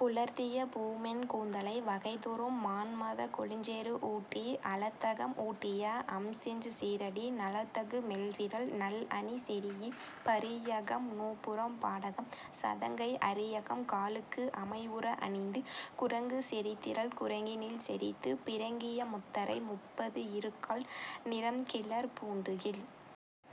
புலர்த்திய பூமென் கூந்தலை வகைதொறும் மான்மதக் கொழுஞ்சேறு ஊட்டி, அலத்தகம் ஊட்டிய அம்செஞ் சீறடி நலத்தகு மெல்விரல் நல்அணி செறீஇப், பரியகம் நூபுரம் பாடகம் சதங்கை அரியகம் காலுக்கு அமைவுற அணிந்து, குறங்கு செறிதிரள் குறங்கினில் செறித்து, பிறங்கிய முத்தரை முப்பத்து இருகாழ் நிறம்கிளர் பூந்துகில்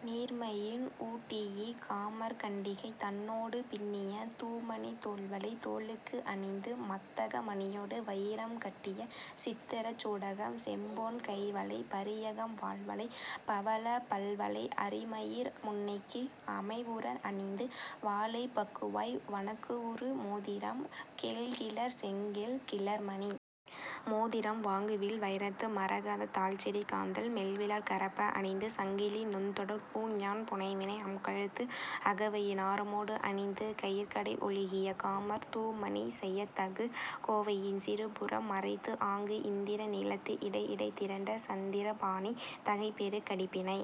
நீர்மையின் உடீஇ, காமர் கண்டிகை தன்னொடு பின்னிய தூமணித் தோள்வளை தோளுக்கு அணிந்து, மத்தக மணியொடு வயிரம் கட்டிய சித்திரச் சூடகம் செம்பொன் கைவளை பரியகம் வால்வளை பவழப் பல்வளை அரிமயிர் முன்கைக்கு அமைவுற அணிந்து, வாளைப் பகுவாய் வணக்குஉறு மோதிரம் கேழ்கிளர் செங்கேழ் கிளர்மணி மோதிரம் வாங்குவில் வயிரத்து மரகதத் தாள்செறி காந்தள் மெல்விரல் கரப்ப அணிந்து, சங்கிலி நுண்தொடர் பூண்ஞான் புனைவினை அம்கழுத்து அகவயின் ஆரமோடு அணிந்து, கயிற்கடை ஒழுகிய காமர் தூமணி செயத்தகு கோவையின் சிறுபுறம் மறைத்துஆங்கு இந்திர நீலத்து இடைஇடை திரண்ட சந்திர பாணி தகைபெறு கடிப்பிணை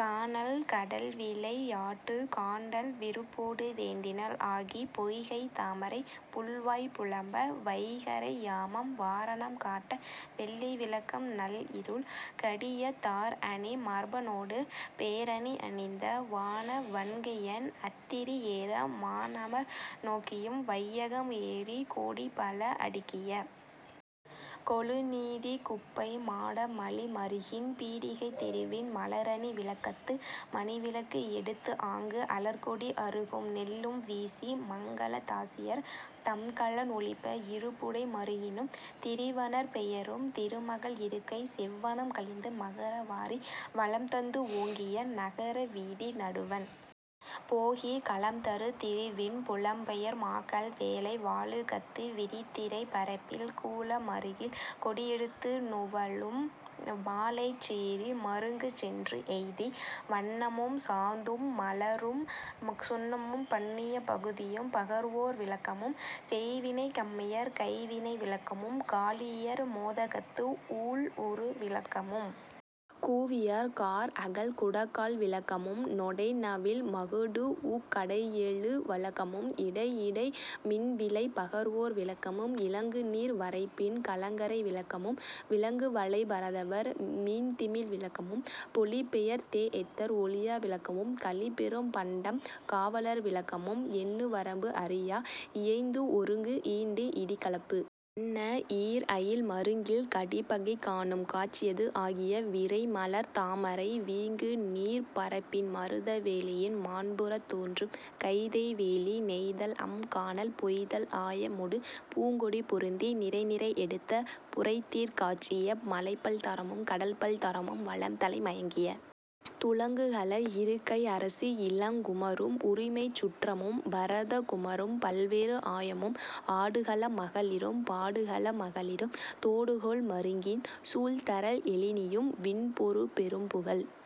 கானல் கடல்விளை யாட்டுக் காண்டல் விருப்பொடு வேண்டினள் ஆகி, பொய்கைத் தாமரைப் புள்வாய் புலம்ப வைகறை யாமம் வாரணம் காட்ட வெள்ளி விளக்கம் நள்இருள் கடியத் தார்அணி மார்பனொடு பேர்அணி அணிந்து வான வண்கையன் அத்திரி ஏற மான்அமர் நோக்கியும் வையம் ஏறிக் கோடிபல அடுக்கிய கொழுநிதிக் குப்பை மாடமலி மறுகின் பீடிகைத் தெருவின் மலர்அணி விளக்கத்து மணிவிளக்கு எடுத்துஆங்கு அலர்க்கொடி அறுகும் நெல்லும் வீசி மங்கலத் தாசியர் தம்கலன் ஒலிப்ப இருபுடை மருங்கினும் திரிவனர் பெயரும் திருமகள் இருக்கை செவ்வனம் கழிந்து மகர வாரி வளம்தந்து ஓங்கிய நகர வீதி நடுவண் போகிக் கலம்தரு திருவின் புலம்பெயர் மாக்கள் வேலை வாலுகத்து விரிதிரைப் பரப்பில் கூல மறுகில் கொடிஎடுத்து நுவலும் மாலைச் சேரி மருங்குசென்று எய்தி, வண்ணமும் சாந்தும் மலரும் சுண்ணமும் பண்ணியப் பகுதியும் பகர்வோர் விளக்கமும், செய்வினைக் கம்மியர் கைவினை விளக்கமும், காழியர் மோதகத்து ஊழ்உறு விளக்கமும், கூவியர் கார்அகல் குடக்கால் விளக்கமும், நொடைநவில் மகடூஉக் கடைகெழு விளக்கமும், இடைஇடை மீன்விலை பகர்வோர் விளக்கமும், இலங்குநீர் வரைப்பின் கலங்கரை விளக்கமும், விலங்குவலைப் பரதவர் மீன்திமில் விளக்கமும், பொழிபெயர் தேஎத்தர் ஒழியா விளக்கமும், கழிபெரும் பண்டம் காவலர் விளக்கமும் எண்ணுவரம்பு அறியா இயைந்துஒருங்கு ஈண்டி இடிக்கலப்பு அன்ன ஈர்அயில் மருங்கில் கடிப்பகை காணும் காட்சியது ஆகிய விரைமலர்த் தாமரை வீங்குநீர்ப் பரப்பின் மருத வேலியின் மாண்புறத் தோன்றும் கைதை வேலி நெய்தல்அம் கானல் பொய்தல் ஆயமொடு பூங்கொடி பொருந்தி நிரைநிரை எடுத்த புரைதீர் காட்சிய மலைப்பல் தாரமும் கடல்பல் தாரமும் வளம்தலை மயங்கிய துளங்குகல இருக்கை அரசுஇளங் குமரரும் உரிமைச் சுற்றமும் பரத குமரரும் பல்வேறு ஆயமும் ஆடுகள மகளிரும் பாடுகள மகளிரும் தோடுகொள் மருங்கின் சூழ்தரல் எழினியும் விண்பொரு பெரும்புகழ்க்